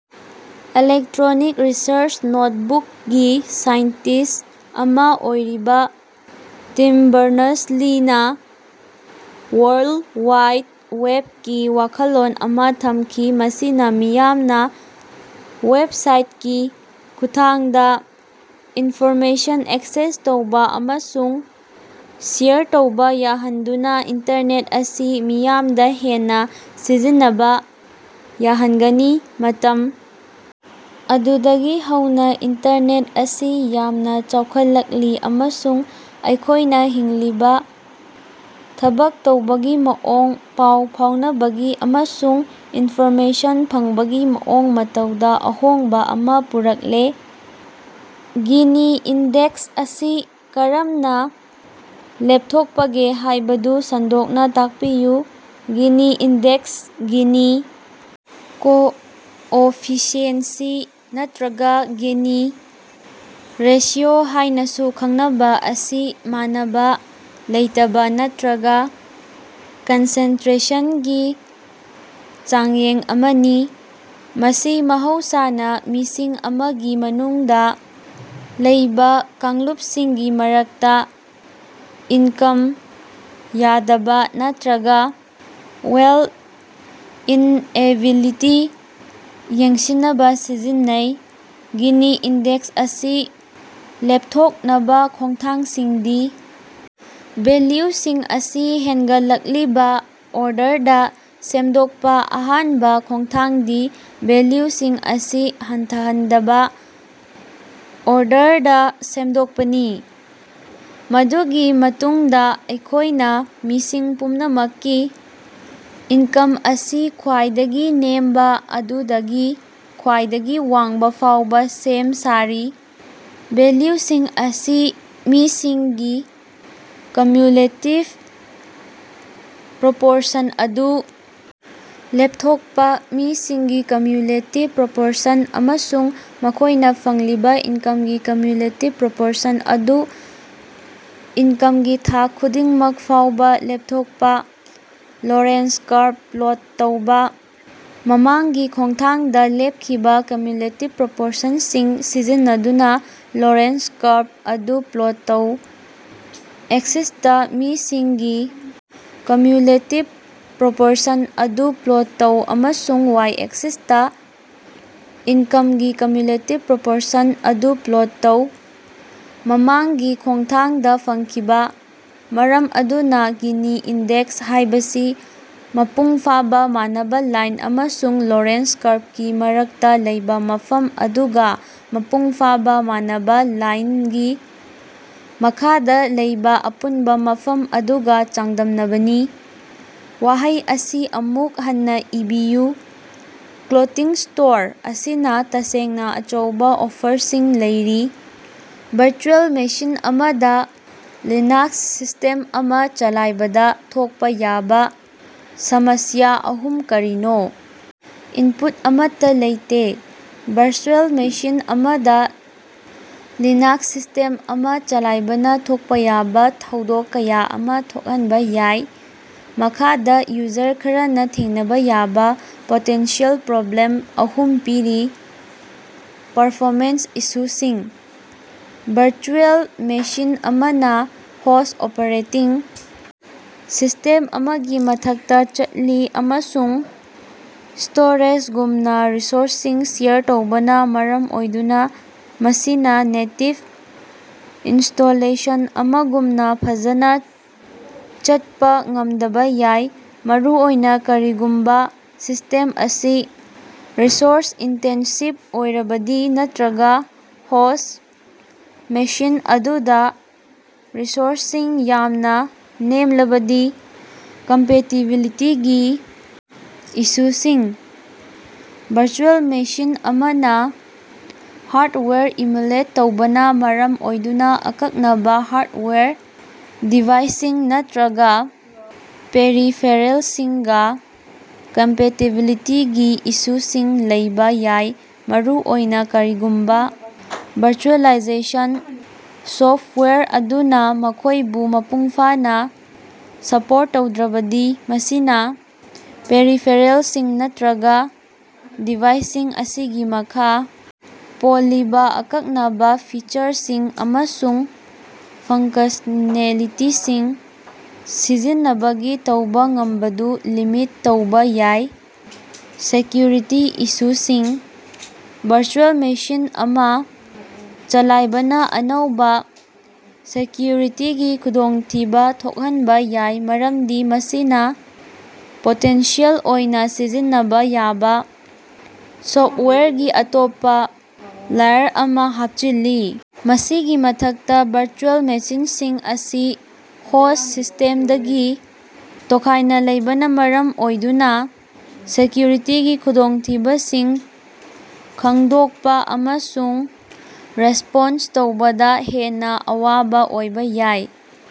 Electronic research notebook ꯒꯤ scientist ꯑꯃ ꯑꯣꯏꯔꯤꯕ ꯇꯤꯝ ꯕꯔꯅꯔꯁ-ꯂꯤꯅ ꯋꯥꯔꯜꯗ ꯋꯥꯏꯗ ꯋꯦꯕꯀꯤ ꯋꯥꯈꯜꯂꯣꯟ ꯑꯃ ꯊꯝꯈꯤ ꯃꯁꯤꯅ ꯃꯤꯌꯥꯝꯅ ꯋꯦꯕꯁꯥꯏꯠꯀꯤ ꯈꯨꯠꯊꯥꯡꯗ ꯏꯟꯐꯣꯔꯃꯦꯁꯟ ꯑꯦꯛꯁꯦꯁ ꯇꯧꯕ ꯑꯃꯁꯨꯡ ꯁꯦꯌꯔ ꯇꯧꯕ ꯌꯥꯍꯟꯗꯨꯅ ꯏꯟꯇꯔꯅꯦꯠ ꯑꯁꯤ ꯃꯤꯌꯥꯝꯗ ꯍꯦꯟꯅ ꯁꯤꯖꯤꯟꯅꯕ ꯌꯥꯍꯟꯒꯅꯤ꯫ ꯃꯇꯝ ꯑꯗꯨꯗꯒꯤ ꯍꯧꯅ ꯏꯟꯇꯔꯅꯦꯠ ꯑꯁꯤ ꯌꯥꯝꯅ ꯆꯥꯎꯈꯠꯂꯛꯂꯤ ꯑꯃꯁꯨꯡ ꯑꯩꯈꯣꯢꯅ ꯍꯤꯡꯂꯤꯕ ꯊꯕꯛ ꯇꯧꯕꯒꯤ ꯃꯑꯣꯡ ꯄꯥꯎ ꯐꯥꯎꯅꯕꯒꯤ ꯑꯃꯁꯨꯡ ꯏꯟꯐꯣꯔꯃꯦꯁꯟ ꯐꯪꯕꯒꯤ ꯃꯑꯣꯡ ꯃꯇꯧꯗ ꯑꯍꯣꯡꯕ ꯑꯃ ꯄꯨꯔꯛꯂꯦ꯫ ꯒꯤꯅꯤ ꯏꯟꯗꯦꯛꯁ ꯑꯁꯤ ꯀꯔꯝꯅ ꯂꯦꯞꯊꯣꯛꯄꯒꯦ ꯍꯥꯢꯕꯗꯨ ꯁꯟꯗꯣꯛꯅ ꯇꯥꯛꯄꯤꯌꯨ꯫ ꯒꯤꯅꯤ ꯏꯟꯗꯦꯛꯁ ꯒꯤꯅꯤ ꯀꯣꯑꯣꯐꯤꯁꯤꯑꯦꯟꯁꯤ ꯅꯠꯇ꯭ꯔꯒ ꯒꯤꯅꯤ ꯔꯦꯁꯤꯑꯣ ꯍꯥꯢꯅꯥꯁꯨ ꯈꯪꯅꯕꯥ ꯑꯁꯤ ꯃꯥꯟꯅꯕ ꯂꯩꯇꯕꯥ ꯅꯠꯇ꯭ꯔꯒ ꯀꯟꯁꯦꯟꯇꯔꯦꯁꯟꯒꯤ ꯆꯥꯡꯌꯦꯡ ꯑꯃꯅꯤ꯫ ꯃꯁꯤ ꯃꯍꯧꯁꯥꯅ ꯃꯤꯁꯤꯡ ꯑꯃꯒꯤ ꯃꯅꯨꯡꯗ ꯂꯩꯕꯥ ꯀꯥꯡꯂꯨꯞꯁꯤꯡꯒꯤ ꯃꯔꯛꯇ ꯏꯟꯀꯝ ꯌꯥꯗꯕ ꯅꯠꯇ꯭ꯔꯒ ꯋꯦꯂꯊ ꯏꯟꯑꯦꯕꯦꯂꯤꯇꯤ ꯌꯦꯡꯁꯤꯟꯅꯕꯥ ꯁꯤꯖꯤꯟꯅꯩ꯫ ꯒꯤꯅꯤ ꯏꯟꯗꯦꯛꯁ ꯑꯁꯤ ꯂꯦꯞꯊꯣꯛꯅꯕ ꯈꯣꯡꯊꯥꯡꯁꯤꯡꯗꯤ: ꯚꯦꯜꯌꯨꯁꯤꯡ ꯑꯁꯤ ꯍꯦꯟꯒꯠꯂꯛꯂꯤꯕꯥ ꯑꯣꯔꯗꯔꯗ ꯁꯦꯝꯗꯣꯛꯄ ꯑꯍꯥꯟꯕ ꯈꯣꯡꯊꯥꯡꯗꯤ ꯚꯦꯜꯌꯨꯁꯤꯡ ꯑꯁꯤ ꯍꯟꯊꯍꯟꯗꯕ ꯑꯣꯔꯗꯔꯗ ꯁꯦꯝꯗꯣꯛꯄꯅꯤ꯫ ꯃꯗꯨꯒꯤ ꯃꯇꯨꯡꯗꯥ ꯑꯩꯈꯣꯢꯅ ꯃꯤꯁꯤꯡ ꯄꯨꯝꯅꯃꯛꯀꯤ ꯏꯟꯀꯝ ꯑꯁꯤ ꯈ꯭ꯋꯥꯏꯗꯒꯤ ꯅꯦꯝꯕ ꯑꯗꯨꯗꯒꯤ ꯈ꯭ꯋꯥꯏꯗꯒꯤ ꯋꯥꯡꯕ ꯐꯥꯎꯕ ꯁꯦꯝ ꯁꯥꯔꯤ꯫ ꯚꯦꯜꯌꯨꯁꯤꯡ ꯑꯃꯁꯨꯡ ꯃꯤꯁꯤꯡꯒꯤ ꯀ꯭ꯌꯨꯃꯨꯂꯦꯇꯤꯕ ꯄ꯭ꯔꯣꯄꯣꯔꯁꯟ ꯑꯗꯨ ꯂꯦꯞꯊꯣꯛꯄ: ꯃꯤꯁꯤꯡꯒꯤ ꯀ꯭ꯌꯨꯃꯨꯂꯦꯇꯤꯕ ꯄ꯭ꯔꯣꯄꯣꯔꯁꯟ ꯑꯃꯁꯨꯡ ꯃꯈꯣꯢꯅ ꯐꯪꯂꯤꯕꯥ ꯏꯟꯀꯝꯒꯤ ꯀ꯭ꯌꯨꯃꯨꯂꯦꯇꯤꯕ ꯄ꯭ꯔꯣꯄꯣꯔꯁꯟ ꯑꯗꯨ ꯏꯟꯀꯝꯒꯤ ꯊꯥꯛ ꯈꯨꯗꯤꯡꯃꯛ ꯐꯥꯎꯕ ꯂꯦꯞꯊꯣꯛꯄ꯫ ꯂꯣꯔꯦꯟꯁ ꯀꯔꯕ ꯄ꯭ꯂꯣꯠ ꯇꯧꯕꯥ: ꯃꯃꯥꯡꯒꯤ ꯈꯣꯡꯊꯥꯡꯗ ꯂꯦꯞꯈꯤꯕ ꯀ꯭ꯌꯨꯃꯨꯂꯦꯇꯤꯕ ꯄ꯭ꯔꯣꯄꯣꯔꯁꯟꯁꯤꯡ ꯁꯤꯖꯤꯟꯅꯗꯨꯅ ꯂꯣꯔꯦꯟꯁ ꯀꯔꯕ ꯑꯗꯨ ꯄ꯭ꯂꯣꯠ ꯇꯧ꯫ ꯑꯦꯛꯁꯤꯁꯇ ꯃꯤꯁꯤꯡꯒꯤ ꯀ꯭ꯌꯨꯃꯨꯂꯦꯇꯤꯕ ꯄ꯭ꯔꯣꯄꯣꯔꯁꯟ ꯑꯗꯨ ꯄ꯭ꯂꯣꯠ ꯇꯧ ꯑꯃꯁꯨꯡ ꯋꯥꯏ-ꯑꯦꯛꯁꯤꯁꯇ ꯏꯟꯀꯝꯒꯤ ꯀ꯭ꯌꯨꯃꯨꯂꯦꯇꯤꯕ ꯄ꯭ꯔꯣꯄꯣꯔꯁꯟ ꯑꯗꯨ ꯄ꯭ꯂꯣꯠ ꯇꯧ꯫ ꯃꯃꯥꯡꯒꯤ ꯈꯣꯡꯊꯥꯡꯗꯥ ꯐꯪꯈꯤꯕꯥ꯫ ꯃꯔꯝ ꯑꯗꯨꯅꯥ ꯒꯤꯅꯤ ꯏꯟꯗꯦꯛꯁ ꯍꯥꯢꯕꯁꯤ ꯃꯄꯨꯡ ꯐꯥꯕ ꯃꯥꯟꯅꯕ ꯂꯥꯏꯟ ꯑꯃꯁꯨꯡ ꯂꯣꯔꯦꯟꯁ ꯀꯔꯕꯀꯤ ꯃꯔꯛꯇꯥ ꯂꯩꯕꯥ ꯃꯐꯝ ꯑꯗꯨꯒ ꯃꯄꯨꯡ ꯐꯥꯕ ꯃꯥꯟꯅꯕ ꯂꯥꯏꯅꯒꯤ ꯃꯈꯥꯗ ꯂꯩꯕꯥ ꯑꯄꯨꯟꯕ ꯃꯐꯝ ꯑꯗꯨꯒ ꯆꯥꯡꯗꯝꯅꯕꯅꯤ꯫ ꯋꯥꯍꯩ ꯑꯁꯤ ꯑꯃꯨꯛ ꯍꯟꯅ ꯏꯕꯤꯌꯨ ꯀ꯭ꯂꯣꯇꯤꯡ ꯁ꯭ꯇꯣꯔ ꯑꯁꯤꯅ ꯇꯁꯦꯡꯅ ꯑꯆꯧꯕ ꯑꯣꯐꯔꯁꯤꯡ ꯂꯩꯔꯤ꯫ ꯚꯔꯆꯨꯑꯦꯜ ꯃꯦꯁꯤꯟ ꯑꯃꯗꯥ ꯂꯤꯅꯥꯛꯁ ꯁꯤꯁꯇꯦꯝ ꯑꯃ ꯆꯂꯥꯏꯕꯗ ꯊꯣꯛꯄ ꯌꯥꯕ ꯁꯃꯁ꯭ꯌꯥ ꯑꯍꯨꯝ ꯀꯔꯤꯅꯣ? ꯏꯟꯄꯨꯠ ꯑꯃꯠꯇꯥ ꯂꯩꯇꯦ꯫ ꯚꯔꯆꯨꯑꯦꯜ ꯃꯦꯁꯤꯟ ꯑꯃꯗ ꯂꯤꯅꯥꯛꯁ ꯁꯤꯁꯇꯦꯝ ꯑꯃ ꯆꯂꯥꯏꯕꯅ ꯊꯣꯛꯄ ꯌꯥꯕ ꯊꯧꯗꯣꯛ ꯀꯌꯥ ꯑꯃ ꯊꯣꯛꯍꯟꯕ ꯌꯥꯏ꯫ ꯃꯈꯥꯗ ꯌꯨꯖꯔ ꯈꯔꯅ ꯊꯦꯡꯅꯕ ꯌꯥꯕꯥ ꯄꯣꯇꯦꯟꯁꯤꯑꯦꯜ ꯄ꯭ꯔꯣꯕ꯭ꯂꯦꯝ ꯑꯍꯨꯝ ꯄꯤꯔꯤ: ꯄꯔꯐꯣꯃꯦꯟꯁ ꯏꯁꯨꯁꯤꯡ: ꯚꯔꯆꯨꯑꯦꯜ ꯃꯦꯁꯤꯟ ꯑꯃꯅ ꯍꯣꯁ꯭ꯠ ꯑꯣꯄꯔꯦꯇꯤꯡ ꯁꯤꯁꯇꯦꯝ ꯑꯃꯒꯤ ꯃꯊꯛꯇ ꯆꯠꯂꯤ ꯑꯃꯁꯨꯡ ꯁ꯭ꯇꯣꯔꯦꯖꯒꯨꯝꯕ ꯔꯤꯁꯣꯔꯁꯁꯤꯡ ꯁꯦꯌꯔ ꯇꯧꯕꯅ ꯃꯔꯝ ꯑꯣꯏꯗꯨꯅ ꯃꯁꯤꯅ ꯅꯦꯇꯤꯚ ꯏꯟꯁ꯭ꯇꯣꯂꯦꯁꯟ ꯑꯃꯒꯨꯝꯅ ꯐꯖꯅ ꯆꯠꯄ ꯉꯝꯗꯕ ꯌꯥꯏ꯫ ꯃꯔꯨꯑꯣꯏꯅ ꯀꯔꯤꯒꯨꯝꯕ ꯁꯤꯁꯇꯦꯝ ꯑꯁꯤ ꯔꯤꯁꯣꯔꯁ-ꯏꯟꯇꯦꯟꯁꯤꯕ ꯑꯣꯏꯔꯕꯗꯤ ꯅꯠꯇ꯭ꯔꯒ ꯍꯣꯁ꯭ꯠ ꯃꯦꯁꯤꯟ ꯑꯗꯨꯗ ꯔꯤꯁꯣꯔꯁꯁꯤꯡ ꯌꯥꯝꯅ ꯅꯦꯝꯂꯕꯗꯤ꯫ ꯀꯝꯄꯦꯇꯤꯕꯤꯂꯤꯇꯤꯒꯤ ꯏꯁꯨꯁꯤꯡ: ꯚꯔꯆꯨꯑꯦꯜ ꯃꯦꯁꯤꯟ ꯑꯃꯅ ꯍꯥꯔꯗꯋꯥꯌꯔ ꯏꯃꯨꯂꯦꯠ ꯇꯧꯕꯅ ꯃꯔꯝ ꯑꯣꯏꯗꯨꯅ ꯑꯀꯛꯅꯕ ꯍꯥꯔꯗꯋꯥꯌꯔ ꯗꯤꯚꯥꯏꯁꯁꯤꯡ ꯅꯠꯇ꯭ꯔꯒ ꯄꯦꯔꯤꯐꯦꯔꯦꯜꯁꯤꯡꯒ ꯀꯝꯄꯦꯇꯤꯕꯤꯂꯤꯇꯤꯒꯤ ꯏꯁꯨꯁꯤꯡ ꯂꯩꯕꯥ ꯌꯥꯏ ꯃꯔꯨꯑꯣꯏꯅ ꯀꯔꯤꯒꯨꯝꯕ ꯚꯔꯆꯨꯑꯦꯂꯥꯏꯖꯦꯁꯟ ꯁꯣꯐꯇꯋꯥꯌꯔ ꯑꯗꯨꯅ ꯃꯈꯣꯢꯕꯨ ꯃꯄꯨꯡꯐꯥꯅ ꯁꯞꯄꯣꯔꯠ ꯇꯧꯗ꯭ꯔꯕꯗꯤ ꯃꯁꯤꯅ ꯄꯦꯔꯤꯐꯦꯔꯦꯜꯁꯤꯡ ꯅꯠꯇ꯭ꯔꯒ ꯗꯤꯚꯥꯏꯁꯁꯤꯡ ꯑꯁꯤꯒꯤ ꯃꯈꯥ ꯄꯣꯜꯂꯤꯕꯥ ꯑꯀꯛꯅꯕ ꯐꯤꯆꯔꯁꯤꯡ ꯑꯃꯁꯨꯡ ꯐꯡꯀꯁꯅꯦꯂꯤꯇꯤꯁꯤꯡ ꯁꯤꯖꯤꯟꯅꯕꯒꯤ ꯇꯧꯕ ꯉꯝꯕꯗꯨ ꯂꯤꯃꯤꯠ ꯇꯧꯕꯥ ꯌꯥꯏ꯫ ꯁꯦꯀ꯭ꯌꯨꯔꯤꯇꯤ ꯏꯁꯨꯁꯤꯡ: ꯚꯔꯆꯨꯑꯦꯜ ꯃꯦꯁꯤꯟ ꯑꯃ ꯆꯂꯥꯏꯕꯅ ꯑꯅꯧꯕꯥ ꯁꯦꯀ꯭ꯌꯨꯔꯤꯇꯤꯒꯤ ꯈꯨꯗꯣꯡꯊꯤꯕ ꯊꯣꯛꯍꯟꯕꯥ ꯌꯥꯏ ꯃꯔꯝꯗꯤ ꯃꯁꯤꯅ ꯄꯣꯇꯦꯟꯁꯤꯑꯦꯜ ꯑꯣꯏꯅ ꯁꯤꯖꯤꯟꯅꯕ ꯌꯥꯕ ꯁꯣꯐꯇꯋꯥꯌꯔꯒꯤ ꯑꯇꯣꯞꯄ ꯂꯦꯌꯔ ꯑꯃ ꯍꯥꯞꯆꯤꯜꯂꯤ꯫ ꯃꯁꯤꯒꯤ ꯃꯊꯛꯇ ꯚꯔꯆꯨꯑꯦꯜ ꯃꯦꯁꯤꯟꯁꯤꯡ ꯑꯁꯤ ꯍꯣꯁ꯭ꯠ ꯁꯤꯁꯇꯦꯝꯗꯒꯤ ꯇꯣꯈꯥꯢꯅ ꯂꯩꯕꯅ ꯃꯔꯝ ꯑꯣꯏꯗꯨꯅ ꯁꯦꯀ꯭ꯌꯨꯔꯤꯇꯤꯒꯤ ꯈꯨꯗꯣꯡꯊꯤꯕꯁꯤꯡ ꯈꯪꯗꯣꯛꯄꯥ ꯑꯃꯁꯨꯡ ꯔꯦꯁꯄꯣꯟꯁ ꯇꯧꯕꯗ ꯍꯦꯟꯅ ꯑꯋꯥꯕ ꯑꯣꯏꯕ ꯌꯥꯏ꯫